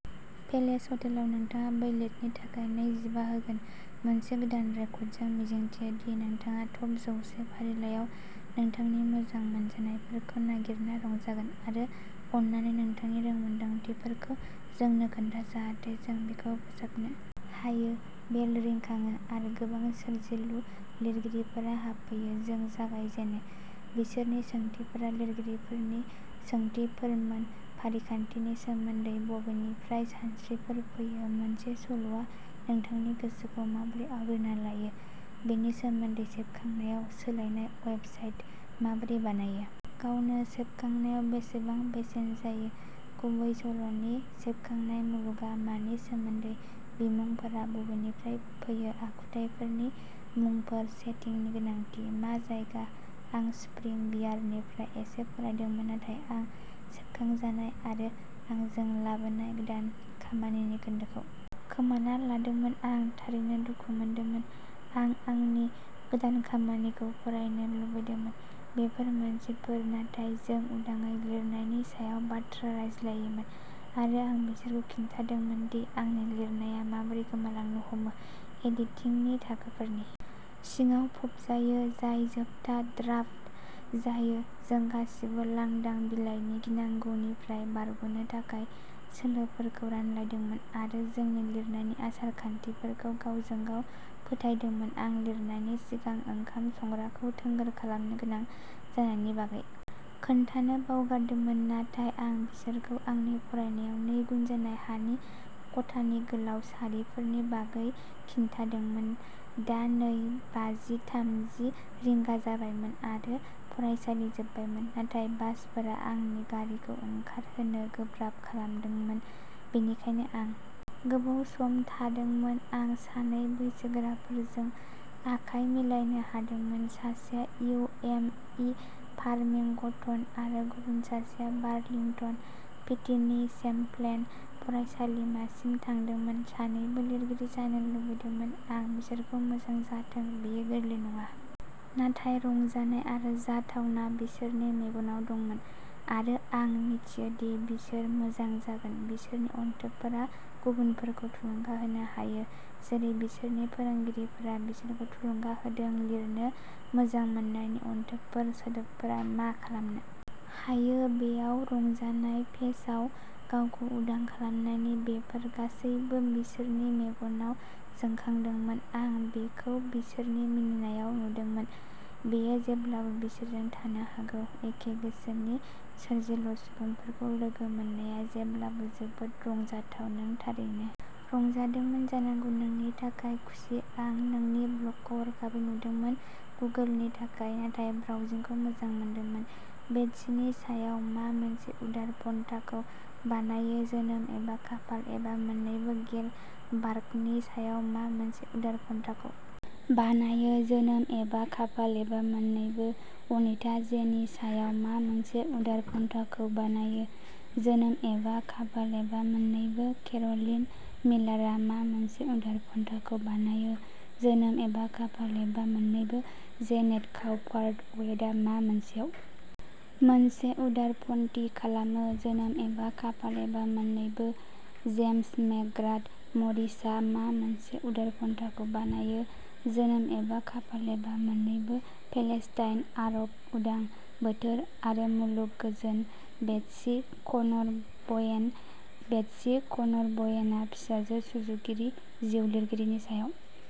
palace ह'टेलाव नोंथाङा वैलेटनि थाखाय नै जिबा होगोन मोनसे गोदान रेकर्ड जों मिजिंथियो दि नोंथाङा टप जौवसे फारिलाइयाव नोंथांनि मोजां मोनजानायफोरखौ नागिरना रंजागोन आरो अन्नानै नोंथांनि रोंमोनदांथिफोरखौ जोंनो खोन्था जाहाथे जों बेखौ फोसाबनो हायो बेल रिंखाङो आरो गोबां सोरजिलु लिरगिरिफोरा हाबफैयो जों जागायजेनो बिसोरनि सोंथिफोरा लिरगिरिफोरनि सोंथिफोरमोन फारिखान्थिनि सोमोन्दै बबेनिफ्राय सानस्रिफोर फैयो मोनसे सल'आ नोंथांनि गोसोखौ माबोरै आवग्रिना लायो बेनि सोमोन्दै सेबखांनायाव सोलायनाय वेबसाइट माबोरै बानायो गावनो सेबखांनायाव बेसेबां बेसेन जायो गुबैसल'नि सेबखांनाय मुलुगआ मानि सोमोन्दै बिमुंफोरा बबेनिफ्राय फैयो आखुथाइफोरनि मुंफोर सेटिंनि गोनांथि मा जायगा आं स्प्रिं बियारनिफ्राय एसे फरायदोंमोन नाथाय आं सेबखांजानाय आरो आंजों लाबोनाय गोदान खामानिनि खोन्दोखौ खोमाना लादोंमोन आं थारैनो दुखु मोनदोंमोन आं आंनि गोदान खामानिखौ फरायनो लुबैदोंमोन बेफोर मानसिफोर नाथाय जों उदाङै लिरनायनि सायाव बाथ्रा रायज्लायोमोन आरो आं बिसोरखौ खिन्थादोंमोन दि आंनि लिरनाया माबोरै गोमालांनो हमो एडिटिंगनि थाखोफोरनि सिङाव फबजायो जाय जोबथा ड्राफ्ट जायो जों गासिबो लांदां बिलाइनि गिनांगौनिफ्राय बारग'नो थाखाय सोलोफोरखौ रानलायदोंमोन आरो जोंनि लिरनायनि आसार खान्थिफोरखौ गावजों गाव फोथायदोंमोन आं लिरनायनि सिगां ओंखाम संग्राखौ थोंगोर खालामनो गोनां जानायनि बागै खोन्थानो बावगारदोंमोन नाथाय आं बिसोरखौ आंनि फरायनायाव नैगुन जानाय हानि खथानि गोलाव सारिफोरनि बागै खिन्थादोंमोन दा नै बाजि थामजि रिंगा जाबायमोन आरो फरायसालि जोबबायमोन नाथाय बासफोरा आंनि गारिखौ ओंखारहोनो गोब्राब खालामदोंमोन बेनिखायनो आं गोबाव सम थादोंमोन आं सानै बैसोगोराफोरजों आखाय मिलायनो हादोंमोन सासेया इउ एम इ फार्मिंगटन आरो गुबुन सासेया बार्लिंटन भिटिनि चेम्प्लेन फरायसालिमासिम थांदोंमोन सानैबो लिरगिरि जानो लुबैदोंमोन आं बिसोरखौ मोजां जाथों बेयो गोरलै नङा नाथाय रंजानाय आरो जाथावना बिसोरनि मेगनाव दंमोन आरो आं मिथियो दि बिसोर मोजां जागोन बिसोरनि अनथोबफोरा गुबुनफोरखौ थुलुंगा होनो हायो जेरै बिसोरनि फोरोंगिरिफोरा बिसोरखौ थुलुंगा होदों लिरनो मोजां मोननायनि अनथोबफोर सोदोबफोरा मा खालामनो हायो बेयाव रंजानाय पेजआव गावखौ उदां खालामनायनि बेफोर गासैबो बिसोरनि मेगनाव जोंखांदोंमोन आं बेखौ बिसोरनि मिनिनायाव नुदोंमोन बेयो जेब्लाबो बिसोरजों थानो हागौ एखे गोसोनि सोरजिलु सुबुंफोरखौ लोगो मोननाया जेब्लाबो जोबोद रंजाथाव नों थारैनो रंजादोंमोन जानांगौ नोंनि थाखाय खुसि आं नोंनि ब्लगखौ हरखाबै नुदोंमोन गुगोलनि थाखाय नाथाय ब्राउजिंखौ मोजां मोनदोंमोन बेट्सीनि सायाव मा मोनसे उदारपन्थाखौ बानायो जोनोम एबा खाफाल एबा मोन्नैबो गेल बार्कनि सायाव मा मोनसे उदारपन्थाखौ बानायो जोनोम एबा खाफाल एबा मोन्नैबो अनिता जेनि सायाव मा मोनसे उदारपन्थाखौ बानायो जोनोम एबा खाफाल एबा मोन्नैबो केर'लिन मिलारआ मा मोनसे उदारपन्थाखौ बानायो जोनोम एबा खाफाल एबा मोन्नैबो जेनेट काउपार्थवेटआ मा मोनसेआव मोनसे उदारपन्थी खालामो जोनोम एबा खाफाल एबा मोननैबो जेम्स मेकग्राथ मरिसआ मा मोनसे उदारपन्थाखौ बानायो जोनोम एबा खाफाल एबा मोन्नैबो पेलेस्टाइन आरब उदां बोथोर आरो मुलुग गोजोन-बेट्सी कनर बवेन बेटसी कनर बवेनआ फिसाजो सुजुगिरि जिउ लिरगिरिनि सायाव